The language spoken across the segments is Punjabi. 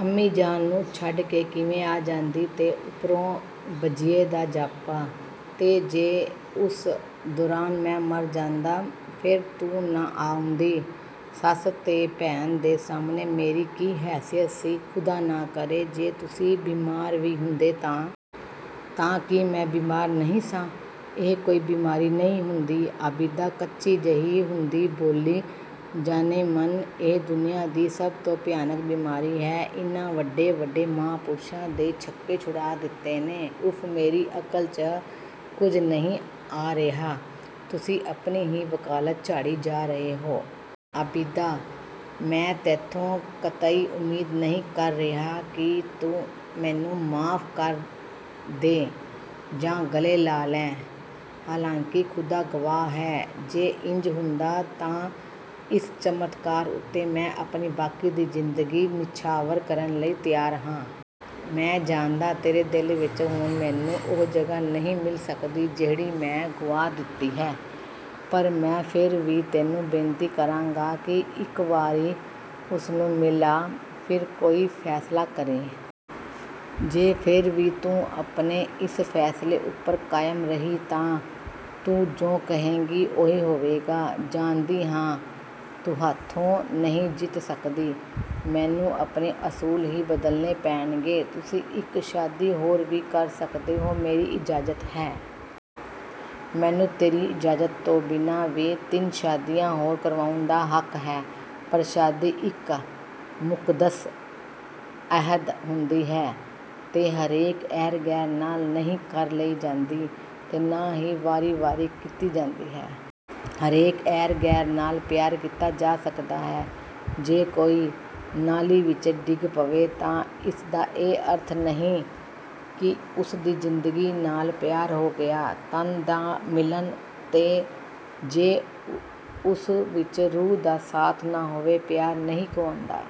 "ਅੰਮੀ ਜਾਨ ਨੂੰ ਛੱਡ ਕੇ ਕਿਵੇਂ ਆ ਜਾਂਦੀ!ਤੇ ਉੱਪਰੋਂ ਬਜੀਆ ਦਾ ਜਾਪਾ!" "ਤੇ ਜੇ ਉਸ ਦੌਰਾਨ ਮੈਂ ਮਰ ਜਾਂਦਾ, ਫਿਰ ਤੂੰ ਨਾ ਆਉਂਦੀ? ਸੱਸ ਤੇ ਭੈਣ ਦੇ ਸਾਹਮਣੇ ਮੇਰੀ ਕੀ ਹੈਸੀਅਤ ਸੀ!" "ਖ਼ੁਦਾ ਨਾ ਕਰੇ ਜੇ ਤੁਸੀਂ ਬਿਮਾਰ ਵੀ ਹੁੰਦੇ ਤਾਂ..." "ਤਾਂ ਕੀ ਮੈਂ ਬਿਮਾਰ ਨਹੀਂ ਸਾਂ?" "ਇਹ ਕੋਈ ਬਿਮਾਰੀ ਨਹੀਂ ਹੁੰਦੀ," ਆਬਿਦਾ ਕੱਚੀ ਜਿਹੀ ਹੁੰਦੀ ਬੋਲੀ। "ਜਾਨੇ-ਮਨ, ਇਹ ਦੁਨੀਆਂ ਦੀ ਸਭ ਤੋਂ ਭਿਆਨਕ ਬਿਮਾਰੀ ਹੈ, ਇਹਨੇ ਵੱਡੇ-ਵੱਡੇ ਮਹਾਂਪੁਰਸ਼ਾਂ ਦੇ ਛੱਕੇ-ਛੁਡਾ ਦਿੱਤੇ ਨੇ।" "ਉਫ਼, ਮੇਰੀ ਅਕਲ 'ਚ ਕੁਝ ਨਹੀਂ ਆ ਰਿਹਾ, ਤੁਸੀਂ ਆਪਣੀ ਹੀ ਵਕਾਲਤ ਝਾੜੀ ਜਾ ਰਹੇ ਹੋ।" "ਆਬਿਦਾ, ਮੈਂ ਤੈਥੋਂ ਕਤਈ ਉਮੀਦ ਨਹੀਂ ਕਰ ਰਿਹਾ ਕਿ ਤੂੰ ਮੈਨੂੰ ਮੁਆਫ਼ ਕਰ ਦੇ ਜਾਂ ਗਲੇ ਲਾ ਲੈ। ਹਾਲਾਂਕਿ ਖ਼ੁਦਾ ਗਵਾਹ ਹੈ, ਜੇ ਇੰਜ ਹੁੰਦਾ ਹੈ ਤਾਂ ਇਸ ਚਮਤਕਾਰ ਉੱਤੇ ਮੈਂ ਆਪਣੀ ਬਾਕੀ ਦੀ ਜ਼ਿੰਦਗੀ ਨਿਛਾਵਰ ਕਰਨ ਲਈ ਤਿਆਰ ਹਾਂ। ਮੈਂ ਜਾਣਦਾ, ਤੇਰੇ ਦਿਲ ਵਿੱਚ ਹੁਣ ਮੈਨੂੰ, ਉਹ ਜਗ੍ਹਾ ਨਹੀਂ ਮਿਲ ਸਕਦੀ ਜਿਹੜੀ ਮੈਂ ਗੁਆ ਦਿੱਤੀ ਹੈ, ਪਰ ਮੈਂ ਫਿਰ ਵੀ ਤੈਨੂੰ ਬੇਨਤੀ ਕਰਾਂਗਾ ਕਿ ਇੱਕ ਵਾਰੀ ਉਸਨੂੰ ਮਿਲ ਆ, ਫਿਰ ਕੋਈ ਫ਼ੈਸਲਾ ਕਰੀਂ। ਜੇ ਫਿਰ ਵੀ ਤੂੰ ਆਪਣੇ ਇਸ ਫ਼ੈਸਲੇ ਉੱਪਰ ਕਾਇਮ ਰਹੀ ਤਾਂ ਤੂੰ ਜੋ ਕਹੇਂਗੀ, ਉਹੀ ਹੋਵੇਗਾ।" "ਜਾਣਦੀ ਹਾਂ ਤੁਹਾਥੋਂ ਨਹੀਂ ਜਿੱਤ ਸਕਦੀ। ਮੈਨੂੰ ਆਪਣੇ ਅਸੂਲ ਹੀ ਬਦਲਣੇ ਪੈਣਗੇ। ਤੁਸੀਂ ਇੱਕ ਸ਼ਾਦੀ ਹੋਰ ਵੀ ਕਰ ਸਕਦੇ ਹੋ, ਮੇਰੀ ਇਜਾਜ਼ਤ ਹੈ।" "ਮੈਨੂੰ ਤੇਰੀ ਇਜਾਜ਼ਤ ਤੋਂ ਬਿਨਾਂ ਵੀ ਅਜੇ ਤਿੰਨ ਸ਼ਾਦੀਆਂ ਹੋਰ ਕਰਵਾਉਣ ਦਾ ਹੱਕ ਪ੍ਰਾਪਤ ਹੈ, ਪਰ ਸ਼ਾਦੀ ਇੱਕ ਮੁਕੱਦਸ ਅਹਿਦ ਹੁੰਦੀ ਹੈ ਤੇ ਹਰੇਕ ਐਰ-ਗ਼ੈਰ ਨਾਲ ਨਹੀਂ ਕਰ ਲਈ ਜਾਂਦੀ, ਤੇ ਨਾ ਹੀ ਵਾਰੀ-ਵਾਰੀ ਕੀਤੀ ਜਾਂਦੀ ਹੈ।" "ਹਰੇਕ ਐਰ-ਗ਼ੈਰ ਨਾਲ ਪਿਆਰ ਕੀਤਾ ਜਾ ਸਕਦਾ ਹੈ?" "ਜੇ ਕੋਈ ਨਾਲੀ ਵਿੱਚ ਡਿੱਗ ਪਵੇ ਤਾਂ ਇਸਦਾ ਇਹ ਅਰਥ ਤਾਂ ਨਹੀਂ ਕਿ ਉਸਨੂੰ ਗੰਦਗੀ ਨਾਲ ਪਿਆਰ ਹੋ ਗਿਆ...! ਤਨ ਦਾ ਮਿਲਨ ਜੇ ਉਸ ਵਿੱਚ ਰੂਹ ਦਾ ਸਾਥ ਨਾ ਹੋਵੇ, ਪਿਆਰ ਨਹੀਂ ਕਹਾਉਂਦਾ...।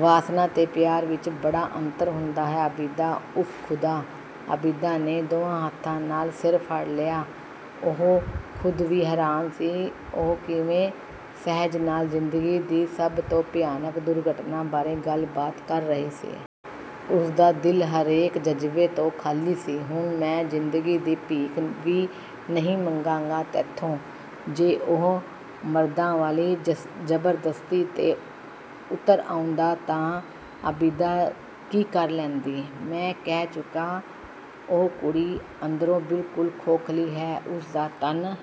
ਵਾਸਨਾ ਤੇ ਪਿਆਰ ਵਿੱਚ ਬੜਾ ਅੰਤਰ ਹੁੰਦਾ ਹੈ, ਆਬਿਦਾ।" "ਉਫ਼ ਖ਼ੁਦਾ!" ਆਬਿਦਾ ਨੇ ਦੋਹਾਂ ਹੱਥਾਂ ਨਾਲ ਸਿਰ ਫੜ ਲਿਆ। ਉਹ ਖ਼ੁਦ ਵੀ ਹੈਰਾਨ ਸੀ ਕਿ ਉਹ ਕਿਵੇਂ ਸਹਿਜ ਨਾਲ ਜ਼ਿੰਦਗੀ ਦੀ ਸਭ ਤੋਂ ਭਿਆਨਕ ਦੁਰਘਟਨਾ ਬਾਰੇ ਗੱਲਬਾਤ ਕਰ ਰਹੀ ਸੀ! ਉਸਦਾ ਦਿਲ ਹਰੇਕ ਜਜ਼ਬੇ ਤੋਂ ਖਾ਼ਲੀ ਸੀ। "ਹੁਣ ਮੈਂ ਜ਼ਿੰਦਗੀ ਦੀ ਭੀਖ ਵੀ ਨਹੀਂ ਮੰਗਾਂਗਾ, ਤੈਥੋਂ।"... ਜੇ ਉਹ ਮਰਦਾਂ ਵਾਲੀ ਜ਼ਬਰਦਸਤੀ 'ਤੇ ਉਤਰ ਆਉਂਦਾ ਤਾਂ ਆਬਿਦਾ ਕੀ ਕਰ ਲੈਂਦੀ? "ਮੈਂ ਕਹਿ ਚੁੱਕਾ, ਉਹ ਕੁੜੀ ਅੰਦਰੋਂ ਬਿਲਕੁਲ ਖੋਖ਼ਲੀ ਹੈ।" "ਉਹਦਾ ਤਨ